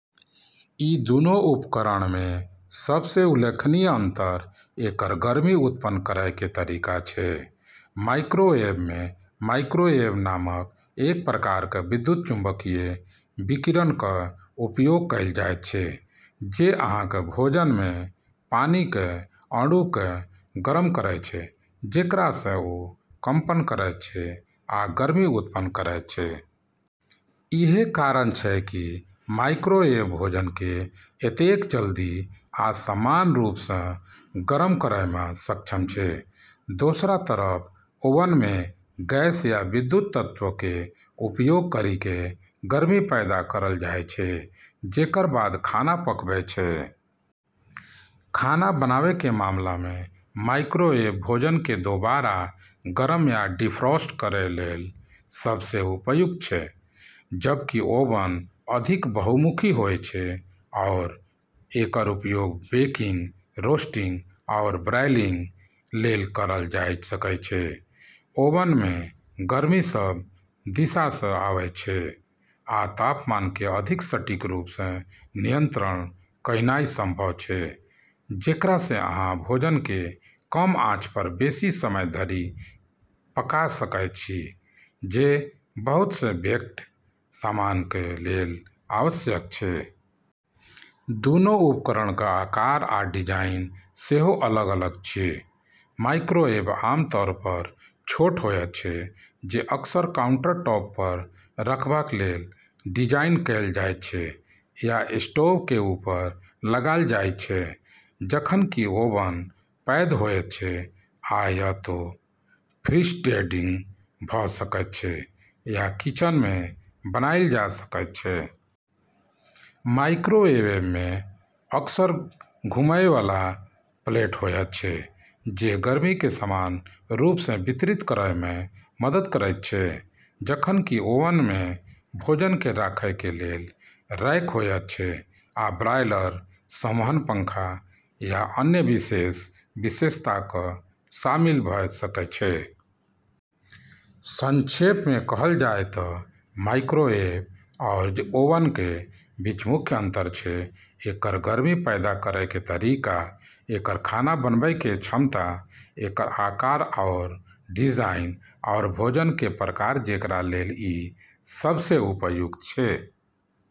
ई दूनू उपकरणमे सबसँ उल्लेखनीय अंतर एकर गर्मी उत्पन्न करैके तरीका छै। माइक्रोवेवमे माइक्रोवेव नामक एक प्रकारक विद्युत चुम्बकीय विकिरणक उपयोग कैल जायत छै, जे अहाँक भोजनमे पानिक अणुक गरम करय छै, जेकरासँ ओ कंपन करैत छै आ गर्मी उत्पन्न करैत छै । इएह कारण छै कि माइक्रोवेव भोजनके एतेक जल्दी आ समान रूपसँ गरम करयमे सक्षम छै । दोसरा तरफ ओवनमे गैस या विद्युत तत्वके उपयोग करिके गर्मी पैदा करल जाय छै, जेकर बाद खाना पकबै छै। खाना बनाबैके मामलामे माइक्रोवेव भोजनके दोबारा गरम या डिफ्रॉस्ट करै लेल सबसँ उपयुक्त छै, जबकि ओवन अधिक बहुमुखी होय छै आओर एकर उपयोग बेकिंग, रोस्टिंग, आओर ब्रॉयलिंग लेल करल जाय सकै छै। ओवनमे गर्मी सब दिशासँ आबै छै, आ तापमानके अधिक सटीक रूपसँ नियंत्रित कयनाइ संभव छै, जेकरासँ अहाँ भोजनके कम आँच पर बेसि समय धरि पका सकय छी, जे बहुतसँ बेक्ड सामानक लेल आवश्यक छै । दुनू उपकरणक आकार आ डिजाइन सेहो अलग-अलग अछि। माइक्रोवेव आमतौर पर छोट होयत छै, जे अक्सर काउंटरटॉप पर रखबाक लेल डिजाइन कैल जायत छै या स्टोवकेँ ऊपर लगाएल जाइत छै, जखन कि ओवन पैघ होयत छै आ या त' फ्रीस्टैंडिंग भ' सकैत छै या किचनमे बनायल जा सकैत छै । माइक्रोवेवमे अक्सर घूमएयबला प्लेट होयत छै जे गर्मीके समान रूपसँ वितरित करयमे मदद करैत छै, जखन कि ओवनमे भोजनके राखैके लेल रैक होयत छै आ ब्रायलर, संवहन पंखा या अन्य विशेष विशेषताक शामिल भ' सकै छै। संक्षेपमे कहल जाय त' माइक्रोवेव आओर ओवनकेँ बीच मुख्य अंतर छै एकर गर्मी पैदा करैके तरीका, एकर खाना बनबैके क्षमता, एकर आकार आओर डिजाइन, आओर भोजनके प्रकार जेकरा लेल ई सबसँ उपयुक्त छै।